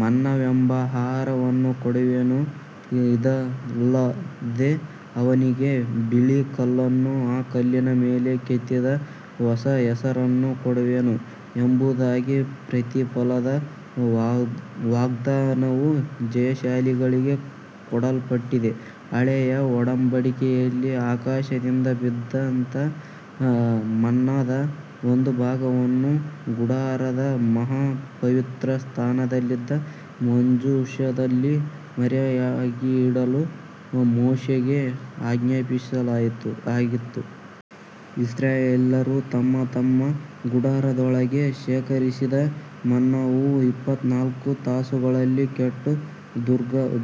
ಮನ್ನವೆಂಬ ಆಹಾರವನ್ನು ಕೊಡುವೆನು; ಇದಲ್ಲದೆ ಅವನಿಗೆ ಬಿಳೀ ಕಲ್ಲನ್ನೂ, ಆ ಕಲ್ಲಿನ ಮೇಲೆ ಕೆತ್ತಿದ ಹೊಸ ಹೆಸರನ್ನೂ ಕೊಡುವೆನು," ಎಂಬುದಾಗಿ ಪ್ರತಿಫಲದ ವಾಗ್ದಾನವು ಜಯಶಾಲಿಗಳಿಗೆ ಕೊಡಲ್ಪಟ್ಟಿದೆ. ಹಳೆಯ ಒಡಂಬಡಿಕೆಯಲ್ಲಿ, ಆಕಾಶದಿಂದ ಬಿದ್ದಂತ "ಮನ್ನ"ದ ಒಂದು ಭಾಗವನ್ನು ಗುಡಾರದ ಮಹಾಪವಿತ್ರ ಸ್ಥಾನದಲ್ಲಿದ್ದ ಮಂಜೂಷದಲ್ಲಿ ಮರೆಯಾಗಿಡಲು ಮೋಶೆಗೆ ಆಜ್ಞಾಪಿಸಲಾಗಿತ್ತು. ಇಸ್ರಾಯೇಲ್ಯರು ತಮ್ಮ ತಮ್ಮ ಗುಡಾರದೊಳಗೆ ಶೇಖರಿಸಿದ ಮನ್ನವು ಇಪ್ಪತ್ನಾಲ್ಕು ತಾಸುಗಳಲ್ಲಿ ಕೆಟ್ಟು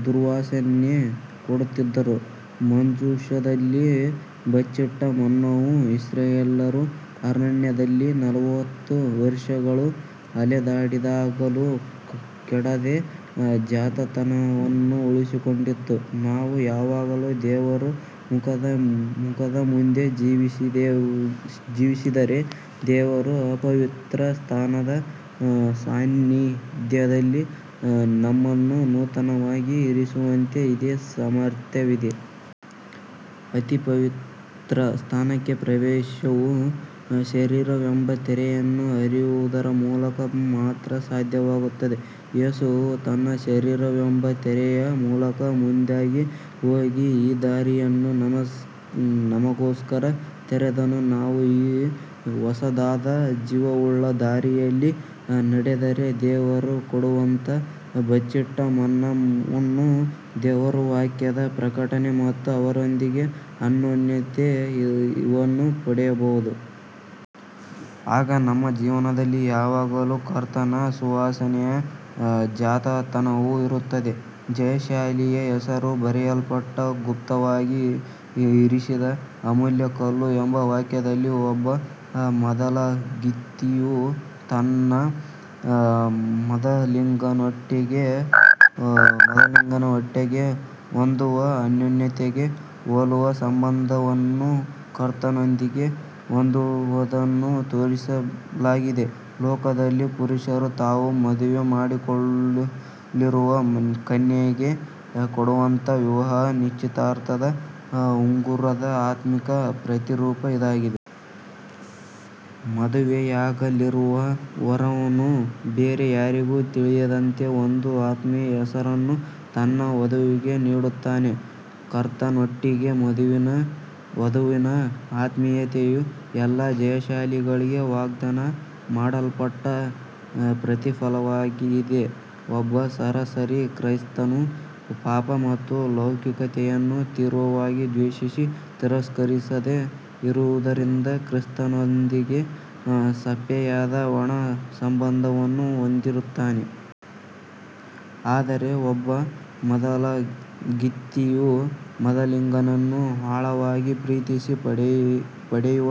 ದುರ್ವಾಸನೆ ಕೊಡುತ್ತಿದ್ದರೂ, ಮಂಜೂಷದಲ್ಲಿ "ಬಚ್ಚಿಟ್ಟ ಮನ್ನವು," ಇಸ್ರಾಯೇಲ್ಯರು ಅರಣ್ಯದಲ್ಲಿ ನಲವತ್ತು ವರ್ಷಗಳು ಅಲೆದಾಡಿದಾಗಲೂ ಕೆಡದೆ ತಾಜಾತನವನ್ನು ಉಳಿಸಿಕೊಂಡಿತ್ತು. ನಾವು ಯಾವಾಗಲೂ ದೇವರ ಮುಖದ ಮುಂದೆ ಜೀವಿಸಿದರೆ, ದೇವರ ಅತಿಪವಿತ್ರ ಸ್ಥಾನದ ಸಾನ್ನಿಧ್ಯದಲ್ಲಿ ನಮ್ಮನ್ನು ನೂತನವಾಗಿ ಇರಿಸುವಂತ ಇದೇ ಸಾಮರ್ಥ್ಯವಿದೆ. ಅತಿಪವಿತ್ರ ಸ್ಥಾನಕ್ಕೆ ಪ್ರವೇಶವು ಶರೀರವೆಂಬ ತೆರೆಯನ್ನು ಹರಿಯುವುದರ ಮೂಲಕ ಮಾತ್ರ ಸಾಧ್ಯವಾಗುತ್ತದೆ. ಯೇಸುವು ತನ್ನ ಶರೀರವೆಂಬ ತೆರೆಯ ಮೂಲಕ ಮುಂದಾಗಿ ಹೋಗಿ, ಈ ದಾರಿಯನ್ನು ನಮಗೋಸ್ಕರ ತೆರೆದನು. ನಾವು ಈ ಹೊಸದಾದ, ಜೀವವುಳ್ಳ ದಾರಿಯಲ್ಲಿ ನಡೆದರೆ, ದೇವರು ಕೊಡುವಂಥ 'ಬಚ್ಚಿಟ್ಟ ಮನ್ನ'ವನ್ನು ದೇವರ ವಾಕ್ಯದ ಪ್ರಕಟನೆ ಮತ್ತು ಅವರೊಂದಿಗೆ ಅನ್ಯೋನ್ಯತೆ ಇವನ್ನು ಪಡೆಯಬಹುದು. ಆಗ ನಮ್ಮ ಜೀವನದಲ್ಲಿ ಯಾವಾಗಲೂ ಕರ್ತನ ಸುವಾಸನೆಯ ತಾಜಾತನವು ಇರುತ್ತದೆ. 'ಜಯಶಾಲಿಯ ಹೆಸರು ಬರೆಯಲ್ಪಟ್ಟ ಗುಪ್ತವಾಗಿ ಇರಿಸಿದ ಅಮೂಲ್ಯ ಕಲ್ಲು' ಎಂಬ ವಾಕ್ಯದಲ್ಲಿ, ಒಬ್ಬ ಮದಲಗಿತ್ತಿಯು ತನ್ನ ಮದಲಿಂಗನೊಟ್ಟಿಗೆ ಹೊಂದುವ ಅನ್ಯೋನ್ಯತೆಗೆ ಹೋಲುವ ಸಂಬಂಧವನ್ನು ಕರ್ತನೊಂದಿಗೆ ಹೊಂದುವದನ್ನು ತೋರಿಸಲಾಗಿದೆ. ಲೋಕದಲ್ಲಿ ಪುರುಷರು ತಾವು ಮದುವೆ ಮಾಡಿಕೊಳ್ಳಲಿರುವ ಕನ್ಯೆಗೆ ಕೊಡುವಂತ "ವಿವಾಹ ನಿಶ್ಚಿತಾರ್ಥದ ಉಂಗುರದ" ಆತ್ಮಿಕ ಪ್ರತಿರೂಪ ಇದಾಗಿದೆ. ಮದುವೆಯಾಗಲಿರುವ ವರನು, ಬೇರೆ ಯಾರಿಗೂ ತಿಳಿಯದಂತ ಒಂದು ಆತ್ಮೀಯ ಹೆಸರನ್ನು ತನ್ನ ವಧುವಿಗೆ ನೀಡುತ್ತಾನೆ. ಕರ್ತನೊಟ್ಟಿಗೆ 'ವಧುವಿನ ಆತ್ಮೀಯತೆಯು' ಎಲ್ಲಾ ಜಯಶಾಲಿಗಳಿಗೆ ವಾಗ್ದಾನ ಮಾಡಲ್ಪಟ್ಟ ಪ್ರತಿಫಲವಾಗಿದೆ. ಒಬ್ಬ 'ಸರಾಸರಿ ಕ್ರೈಸ್ತನು' ಪಾಪ ಮತ್ತು ಲೌಕಿಕತೆಯನ್ನು ತೀವ್ರವಾಗಿ ದ್ವೇಷಿಸಿ ತಿರಸ್ಕರಿಸದೆ ಇರುವುದರಿಂದ, ಕ್ರಿಸ್ತನೊಂದಿಗೆ ಸಪ್ಪೆಯಾದ, ಒಣ ಸಂಬಂಧವನ್ನು ಹೊಂದಿರುತ್ತಾನೆ. ಆದರೆ ಒಬ್ಬ ಮದಲಗಿತ್ತಿಯು ಮದಲಿಂಗನನ್ನು ಆಳವಾಗಿ ಪ್ರೀತಿಸಿ ಪಡೆಯುವ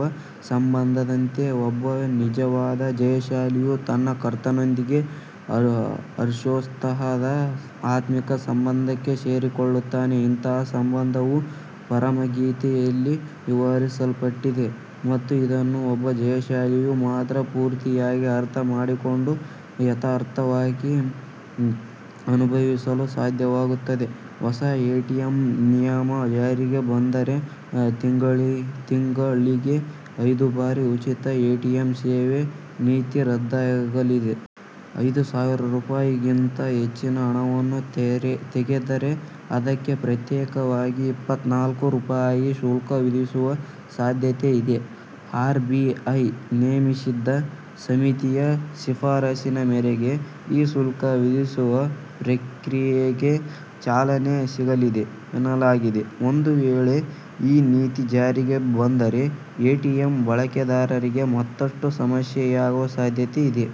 ಸಂಬಂಧದಂತೆ, ಒಬ್ಬ ನಿಜವಾದ ಜಯಶಾಲಿಯು ತನ್ನ ಕರ್ತನೊಂದಿಗೆ ಹರ್ಷೋತ್ಸಾಹದ ಆತ್ಮಿಕ ಸಂಬಂಧಕ್ಕೆ ಸೇರಿಕೊಳ್ಳುತ್ತಾನೆ. ಇಂತಹ ಸಂಬಂಧವು "ಪರಮಗೀತೆ"ಯಲ್ಲಿ ವಿವರಿಸಲ್ಪಟ್ಟಿದೆ ಮತ್ತು ಇದನ್ನು ಒಬ್ಬ ಜಯಶಾಲಿಯು ಮಾತ್ರ ಪೂರ್ತಿಯಾಗಿ ಅರ್ಥ ಮಾಡಿಕೊಂಡು, ಯಥಾರ್ಥವಾಗಿ ಅನುಭವಿಸಲು ಸಾಧ್ಯವಾಗುತ್ತದೆ. ಹೊಸ ಎಟಿಎಂ ನಿಯಮ ಜಾರಿಗೆ ಬಂದರೆ, ತಿಂಗಳಿಗೆ ಐದು ಬಾರಿ ಉಚಿತ ಎಟಿಎಂ ಸೇವೆ ನೀತಿ ರದ್ದಾಗಲಿದೆ. ಐದು ಸಾವಿರ ರೂಪಾಯಿಗಿಂತ ಹೆಚ್ಚಿನ ಹಣವನ್ನು ತೆಗೆದರೆ ಅದಕ್ಕೆ ಪ್ರತ್ಯೇಕವಾಗಿ ಇಪ್ಪತ್ನಾಲ್ಕು ರೂಪಾಯಿ ಶುಲ್ಕ ವಿಧಿಸುವ ಸಾಧ್ಯತೆ ಇದೆ. ಆರ್ ಬಿಐ ನೇಮಿಸಿದ್ದ ಸಮಿತಿಯ ಶಿಫಾರಸಿನ ಮೇರೆಗೆ ಈ ಶುಲ್ಕ ವಿಧಿಸುವ ಪ್ರಕ್ರಿಯೆಗೆ ಚಾಲನೆ ಸಿಗಲಿದೆ ಎನ್ನಲಾಗಿದೆ. ಒಂದು ವೇಳೆ ಈ ನೀತಿ ಜಾರಿಗೆ ಬಂದರೆ ಎಟಿಎಂ ಬಳಕೆದಾರರಿಗೆ ಮತ್ತಷ್ಟು ಸಮಸ್ಯೆಯಾಗುವ ಸಾಧ್ಯತೆ ಇದೆ.